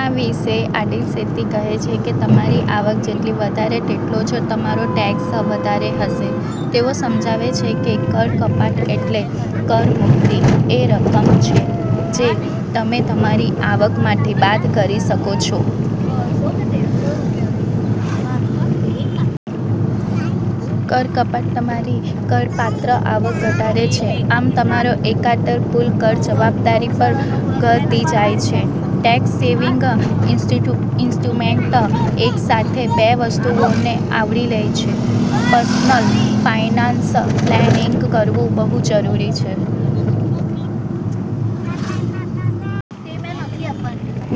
આ વિશે આદિલ શેટ્ટી કહે છે કે તમારી આવક જેટલી વધારે તેટલો જ તમારો ટેક્સ વધારે હશે. તેઓ સમજાવે છે કે, કર કપાત એટલે કર મુક્તિ એ રકમ છે જે તમે તમારી આવકમાંથી બાદ કરી શકો છો. કર કપાત તમારી કર પાત્ર આવક ઘટાડે છે. આમ, તમારો એકાદર કુલ કર જવાબદારી પણ ઘટી જાય છે. ટેક્સ સેવિંગ ઇન્સ્ટ્રુ ઈન્સ્ટ્રુમેન્ટ એકસાથે બે વસ્તુઓને આવરી લેય છે. પર્સનલ ફાઇનાન્સ પ્લાનિંગ કરવું બહુ જરૂરી છે.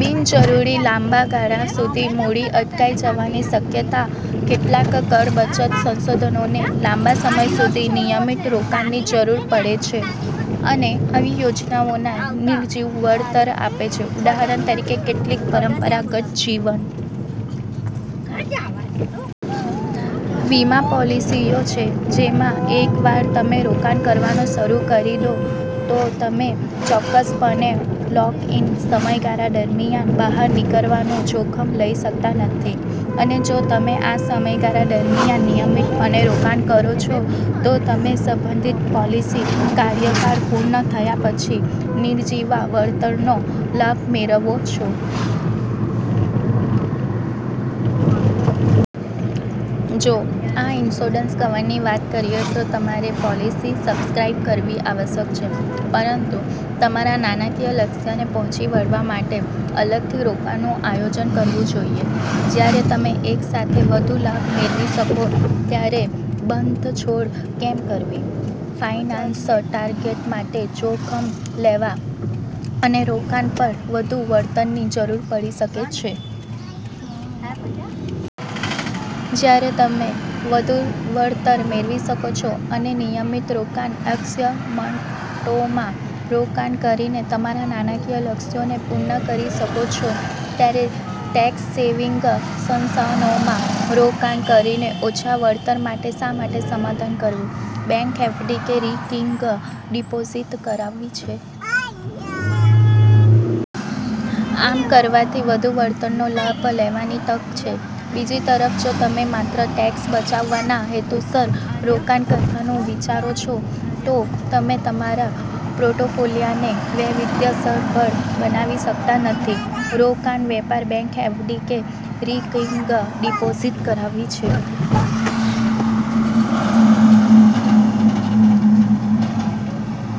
બિન જરૂરી લાંબા ગાળા સુધી મૂડી અટકાઇ જવાની શક્યતા કેટલાક કર બચત સંશોધનોને લાંબા સમય સુધી નિયમિત રોકાણની જરૂર પડે છે અને આવી યોજનાઓના નિર્જવ વળતર આપે છે. ઉદાહરણ તરીકે, કેટલીક પરંપરાગત જીવન વીમા પૉલિસીઓ છે જેમાં એકવાર તમે રોકાણ કરવાનું શરૂ કરી દો, તો તમે ચોક્કસપણે લૉક-ઇન સમયગાળા દરમિયાન બહાર નીકરવાનું જોખમ લઈ શકતા નથી અને જો તમે આ સમયગારા દરમિયાન નિયમિતપણે રોકાણ કરો છો, તો તમે સંબંધિત પોલિસી કાર્યકાળ પૂર્ણ થયા પછી નિર્જવા વળતરનો લાભ મેળવો છો. જો આ ઇન્સ્યોરન્સ કવરની વાત કરીયે તો તમારે પોલિસી સબસ્ક્રાઇબ કરવી આવશ્યક છે. પરંતુ તમારા નાણાકીય લક્ષ્યાને પહોંચી વળવા માટે અલગથી રોકાણનું આયોજન કરવું જોઈએ. જ્યારે તમે એક સાથે વધુ લાભ મેળવી શકો ત્યારે બાંધછોડ કેમ કરવી, ફાઇનાન્સિયલ ટાર્ગેટ માટે જોખમ લેવા અને રોકાણ પર વધુ વળતરની જરૂર પડી શકે છે. જ્યારે તમે વધુ વળતર મેળવી શકો છો અને નિયમિત રોકાણ અસ્કયામતોમાં રોકાણ કરીને તમારા નાણાકીય લક્ષ્યોને પૂર્ણ કરી શકો છો ત્યારે ટેક્સ-સેવિંગ સંશાનોમાં રોકાણ કરીને ઓછા વળતર માટે શા માટે સમાધાન કરવું? બેંક એફડી કે રિકિંગ ડિપોઝિટ કરાવવી છે? આમ કરવાથી વધુ વળતરનો લાભ લેવાની તક છે. બીજી તરફ, જો તમે માત્ર ટેક્સ બચાવવાના હેતુસર રોકાણ કરવાનું વિચારો છો, તો તમે તમારા પ્રોટોફોલિયાને વૈવિધ્યસભર બનાવી શકતા નથી. રોકાણવેપાર બેંક એફડી કે રિકિંગ ડિપોઝિટ કરાવી છે?